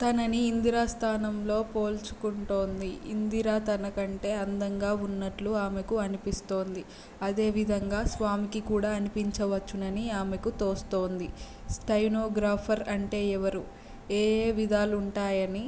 తనని ఇందిర స్థానంలో పోల్చుకుంటోంది. ఇందిర తన కంటె అందంగా ఉన్నట్లు ఆమెకు అనిపిస్తోంది. అదే విధంగా స్వామికి కూడా అనిపించవచ్చునని ఆమెకు తోస్తోంది. 'స్టెనో గ్రాఫర్ అంటే ఎవరు? ఏయే విధులుంటాయ'ని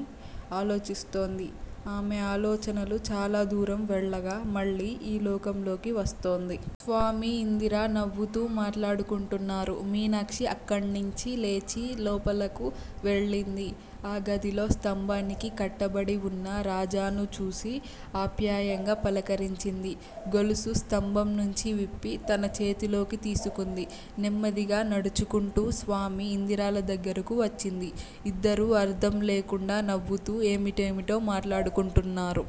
ఆలోచిస్తోంది. ఆమె ఆలోచనలు చాలా దూరం వెళ్ళగా మళ్ళీ ఈ లోకంలోకి వస్తోంది. స్వామి, ఇందిర నవ్వుతూ మాట్లాడుకుంటున్నారు. మీనాక్షి అక్కణ్ణించి లేచి లోపలకు వెళ్ళింది. ఓ గదిలో స్థంభానికి కట్టబడి ఉన్న రాజాను చూసి ఆప్యాయంగా పలకరించింది. గొలుసు స్థంభం నుంచి విప్పి-తన చేతిలోకి తీసుకుంది. నెమ్మదిగా నడుచుకుంటూ స్వామి, ఇందిరల దగ్గరకు వచ్చింది. ఇద్దరూ అర్ధం లేకుండా నవ్వుతూ, ఏమేమిటో మాట్లాడుకుంటున్నారు.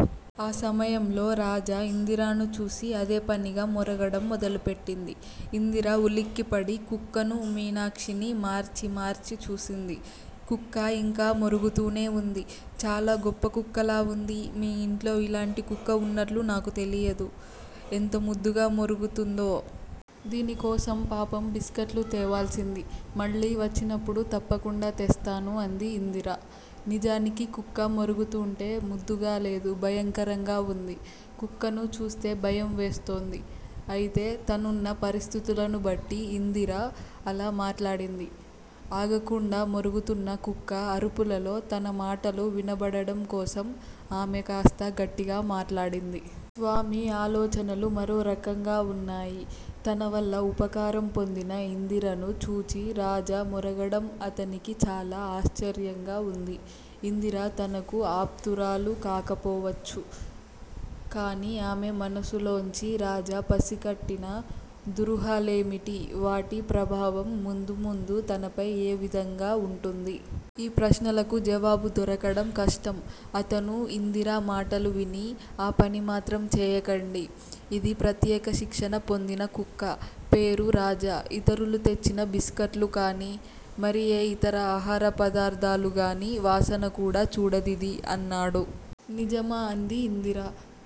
ఆ సమయంలో రాజా ఇందిరను చూసి అదే పనిగా మొరగడం మొదలు పెట్టింది. ఇందిర ఉలిక్కిపడి కుక్కనూ, మీనాక్షినీ మార్చి మార్చి చూసింది. కుక్క ఇంకా మొరుగుతూనే ఉంది- చాలా గొప్ప కుక్కలా ఉంది. మీ ఇంట్లో ఇలాంటి కుక్క ఉన్నట్లు నాకు తెలియదు. ఎంత ముద్దుగా మొరుగుతోందో! దీని కోసం పాపం బిస్కట్లు తేవాల్సింది. మళ్ళీ వచ్చినప్పుడు తప్పకుండా తెస్తాను అంది ఇందిర. నిజానికి కుక్క మొరుగుతూంటే ముద్దుగా లేదు, భయంకరంగా ఉంది. కుక్కను చూస్తే భయం వేస్తోంది. అయితే తనున్న పరిస్థితులను బట్టి ఇందిర అలా మాట్లాడింది. ఆగకుండా మొరుగుతున్న కుక్క అరుపులలో తన మాటలు వినబడడం కోసం ఆమె కాస్త గట్టిగా మాట్లాడింది. స్వామి ఆలోచనలు మరో రకంగా ఉన్నాయి. తన వల్ల ఉపకారం పొందిన ఇందిరను చూచి రాజా మొరగడం అతనికి చాలా ఆశ్చర్యంగా ఉంది. ఇందిర తనకు ఆప్తురాలు కాకపోవచ్చు. కాని ఆమె మనసులోంచి రాజా పసికట్టిన దురూహలేమిటి? వాటి ప్రభావం ముందు ముందు తనపై ఏ విధంగా ఉంటుంది? ఈ ప్రశ్నలకు జవాబు దొరకడం కష్టం. అతను ఇందిర మాటలు విని- ఆ పని మాత్రం చేయకండి. ఇది ప్రత్యేక శిక్షణ పొందిన కుక్క. పేరు రాజా. ఇతరులు తెచ్చిన బిస్కట్లూ కాని, మరి ఏ ఇతర ఆహార పదార్ధాలుగాని వాసన కూడా చూడదిది అన్నాడు. నిజమా? అంది ఇందిర.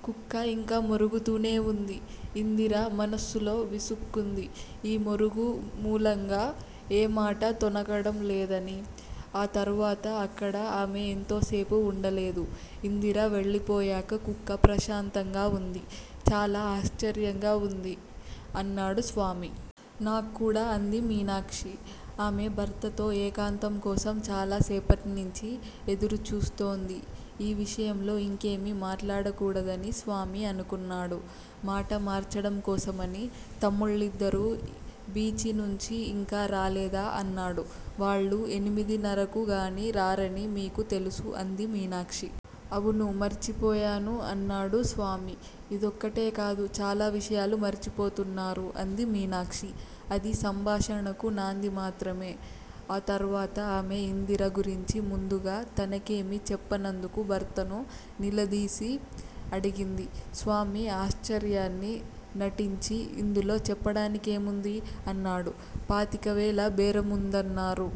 కుక్క ఇంకా మొరుగుతూనే ఉంది. ఇందిర మనస్సులో విసుక్కుంది. ఈ మొరుగు మూలంగా ఏ మాటా తొణకడం లేదని. ఆ తర్వాత అక్కడ ఆమె ఎంతో సేపు ఉండలేదు. ఇందిర వెళ్ళిపోయేక కుక్క ప్రశాంతంగా ఉంది. చాలా ఆశ్చర్యంగా ఉంది! అన్నాడు స్వామి. నాక్కూడా! అంది మీనాక్షి. ఆమె భర్తతో ఏకాంతం కోసం చాలా సేపట్నించి ఎదురు చూస్తోంది. ఈ విషయంలో ఇంకేమీ మాట్లాడకూడదని స్వామి అనుకున్నాడు. మాట మార్చడం కోసమని- తమ్ముళ్ళిద్దరూ బీచి నుంచి ఇంకా రాలేదా? అన్నాడు. వాళ్ళు ఎనిమిదిన్నరకు గానీ రారని మీకు తెలుసు అంది మీనాక్షి. అవును. మర్చిపోయాను అన్నాడు స్వామి. ఇదొక్కటే కాదు- చాలా విషయాలు మరిచిపోతున్నారు అంది మీనాక్షి. అది సంభాషణకు నాంది మాత్రమే. ఆ తర్వాత ఆమె ఇందిర గురించి ముందుగా తనకేమీ చెప్పనందుకు భర్తను నిలదీసి అడిగింది. స్వామి ఆశ్చర్యాన్ని నటించి- ఇందులో చెప్పడానికేముంది? అన్నాడు. పాతికవేల బేరముందన్నారు.